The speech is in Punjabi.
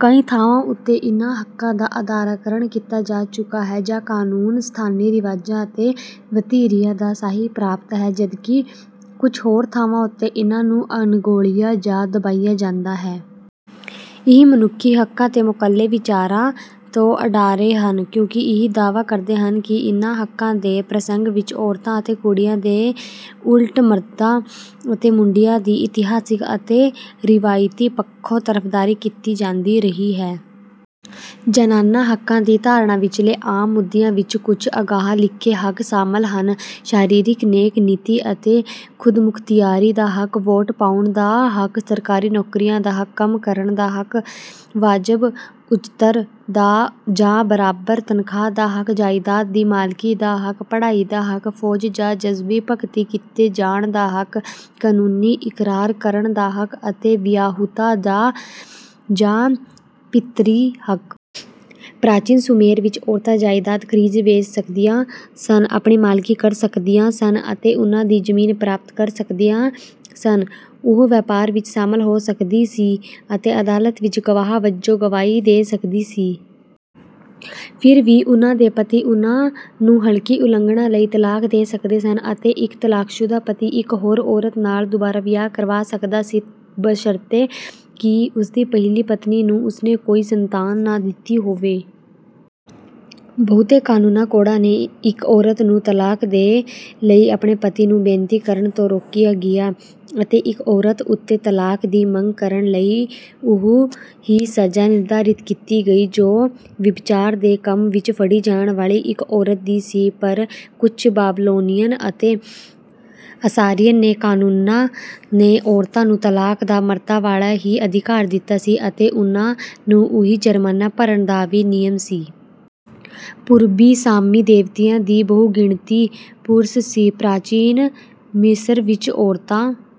ਕਈ ਥਾਂਵਾਂ ਉੱਤੇ ਇਹਨਾਂ ਹੱਕਾਂ ਦਾ ਅਦਾਰਾਕਰਨ ਕੀਤਾ ਜਾ ਚੁੱਕਾ ਹੈ ਜਾਂ ਕਨੂੰਨ, ਸਥਾਨੀ ਰਿਵਾਜਾਂ ਅਤੇ ਵਤੀਰਿਆਂ ਦੀ ਸ਼ਹਿ ਪ੍ਰਾਪਤ ਹੈ ਜਦਕਿ ਕੁਝ ਹੋਰ ਥਾਂਵਾਂ ਉੱਤੇ ਇਹਨਾਂ ਨੂੰ ਅਣਗੌਲਿਆ ਜਾਂ ਦਬਾਇਆ ਜਾਂਦਾ ਹੈ। ਇਹ ਮਨੁੱਖੀ ਹੱਕਾਂ ਦੇ ਮੋਕਲੇ ਵਿਚਾਰਾਂ ਤੋਂ ਅੱਡਾਰੇ ਹਨ ਕਿਉਂਕਿ ਇਹ ਦਾਅਵਾ ਕਰਦੇ ਹਨ ਕਿ ਇਹਨਾਂ ਹੱਕਾਂ ਦੇ ਪ੍ਰਸੰਗ ਵਿੱਚ ਔਰਤਾਂ ਅਤੇ ਕੁੜੀਆਂ ਦੇ ਉਲਟ ਮਰਦਾਂ ਅਤੇ ਮੁੰਡਿਆਂ ਦੀ ਇਤਿਹਾਸਿਕ ਅਤੇ ਰਵਾਇਤੀ ਪੱਖੋਂ ਤਰਫਦਾਰੀ ਕੀਤੀ ਜਾਂਦੀ ਰਹੀ ਹੈ। ਜ਼ਨਾਨਾ ਹੱਕਾਂ ਦੀ ਧਾਰਨਾ ਵਿਚਲੇ ਆਮ ਮੁੱਦਿਆਂ ਵਿੱਚ ਕੁਝ ਅਗਾਂਹ ਲਿਖੇ ਹੱਕ ਸ਼ਾਮਲ ਹਨ ਸਰੀਰਕ ਨੇਕ ਨੀਤੀ ਅਤੇ ਖੁਦਮੁਖਤਿਆਰੀ ਦਾ ਹੱਕ, ਵੋਟ ਪਾਉਣ ਦਾ ਹੱਕ, ਸਰਕਾਰੀ ਨੌਕਰੀਆਂ ਦਾ ਹੱਕ, ਕੰਮ ਕਰਨ ਦਾ ਹੱਕ, ਵਾਜਬ ਉਜਰਤ ਜਾਂ ਬਰਾਬਰ ਤਨਖਾਹਾਂ ਦਾ ਹੱਕ, ਜਾਇਦਾਦ ਦੀ ਮਾਲਕੀ ਦਾ ਹੱਕ, ਪੜ੍ਹਾਈ ਦਾ ਹੱਕ, ਫੌਜ ਜਾਂ ਜ਼ਬਰੀ ਭਰਤੀ ਕੀਤੇ ਜਾਣ ਦਾ ਹੱਕ, ਕਨੂੰਨੀ ਇਕਰਾਰ ਕਰਨ ਦਾ ਹੱਕ ਅਤੇ ਵਿਆਹੁਤਾ ਜਾਂ ਪਿਤਰੀ ਹੱਕ। ਪ੍ਰਾਚੀਨ ਸੁਮੇਰ ਵਿੱਚ ਔਰਤਾਂ ਜਾਇਦਾਦ ਖਰੀਦ, ਵੇਚ ਸਕਦੀਆਂ ਸਨ, ਆਪਣੀ ਮਾਲਕੀ ਕਰ ਸਕਦੀਆਂ ਸਨ ਅਤੇ ਉਨ੍ਹਾਂ ਦੀ ਜ਼ਮੀਨ ਪ੍ਰਾਪਤ ਕਰ ਸਕਦੀਆਂ ਸਨ। ਉਹ ਵਪਾਰ ਵਿੱਚ ਸ਼ਾਮਲ ਹੋ ਸਕਦੀ ਸੀ, ਅਤੇ ਅਦਾਲਤ ਵਿੱਚ ਗਵਾਹਾਂ ਵਜੋਂ ਗਵਾਹੀ ਦੇ ਸਕਦੀ ਸੀ। ਫਿਰ ਵੀ, ਉਨ੍ਹਾਂ ਦੇ ਪਤੀ ਉਨ੍ਹਾਂ ਨੂੰ ਹਲਕੀ ਉਲੰਘਣਾ ਲਈ ਤਲਾਕ ਦੇ ਸਕਦੇ ਸਨ, ਅਤੇ ਇੱਕ ਤਲਾਕਸ਼ੁਦਾ ਪਤੀ ਇੱਕ ਹੋਰ ਔਰਤ ਨਾਲ ਦੁਬਾਰਾ ਵਿਆਹ ਕਰਵਾ ਸਕਦਾ ਸੀ, ਬਸ਼ਰਤੇ ਕਿ ਉਸਦੀ ਪਹਿਲੀ ਪਤਨੀ ਨੇ ਉਸਨੂੰ ਕੋਈ ਸੰਤਾਨ ਨਾ ਦਿੱਤੀ ਹੋਵੇ। ਬਹੁਤੇ ਕਾਨੂੰਨ ਕੋਡਾਂ ਨੇ ਇੱਕ ਔਰਤ ਨੂੰ ਤਲਾਕ ਦੇ ਲਈ ਆਪਣੇ ਪਤੀ ਨੂੰ ਬੇਨਤੀ ਕਰਨ ਤੋਂ ਰੋਕਿਆ ਗਿਆ ਅਤੇ ਇੱਕ ਔਰਤ ਉੱਤੇ ਤਲਾਕ ਦੀ ਮੰਗ ਕਰਨ ਲਈ ਉਹ ਹੀ ਸਜ਼ਾ ਨਿਰਧਾਰਿਤ ਕੀਤੀ ਗਈ ਜੋ ਵਿਭਚਾਰ ਦੇ ਕੰਮ ਵਿੱਚ ਫੜੀ ਜਾਣ ਵਾਲੀ ਇੱਕ ਔਰਤ ਦੀ ਸੀ, ਪਰ ਕੁਝ ਬਾਬਲੋਨੀਅਨ ਅਤੇ ਅਸਾਰਿਅਨ ਦੇ ਕਾਨੂੰਨਾਂ ਨੇ ਔਰਤਾਂ ਨੂੰ ਤਲਾਕ ਦਾ ਮਰਦਾਂ ਵਾਲਾ ਹੀ ਅਧਿਕਾਰ ਦਿੱਤਾ ਸੀ, ਅਤੇ ਉਨ੍ਹਾਂ ਨੂੰ ਉਹੀ ਜੁਰਮਾਨਾ ਭਰਨ ਦਾ ਵੀ ਨਿਯਮ ਸੀ। ਪੂਰਬੀ ਸਾਮੀ ਦੇਵਤਿਆਂ ਦੀ ਬਹੁਗਿਣਤੀ ਪੁਰਸ਼ ਸੀ। ਪ੍ਰਾਚੀਨ ਮਿਸਰ ਵਿੱਚ, ਔਰਤਾਂ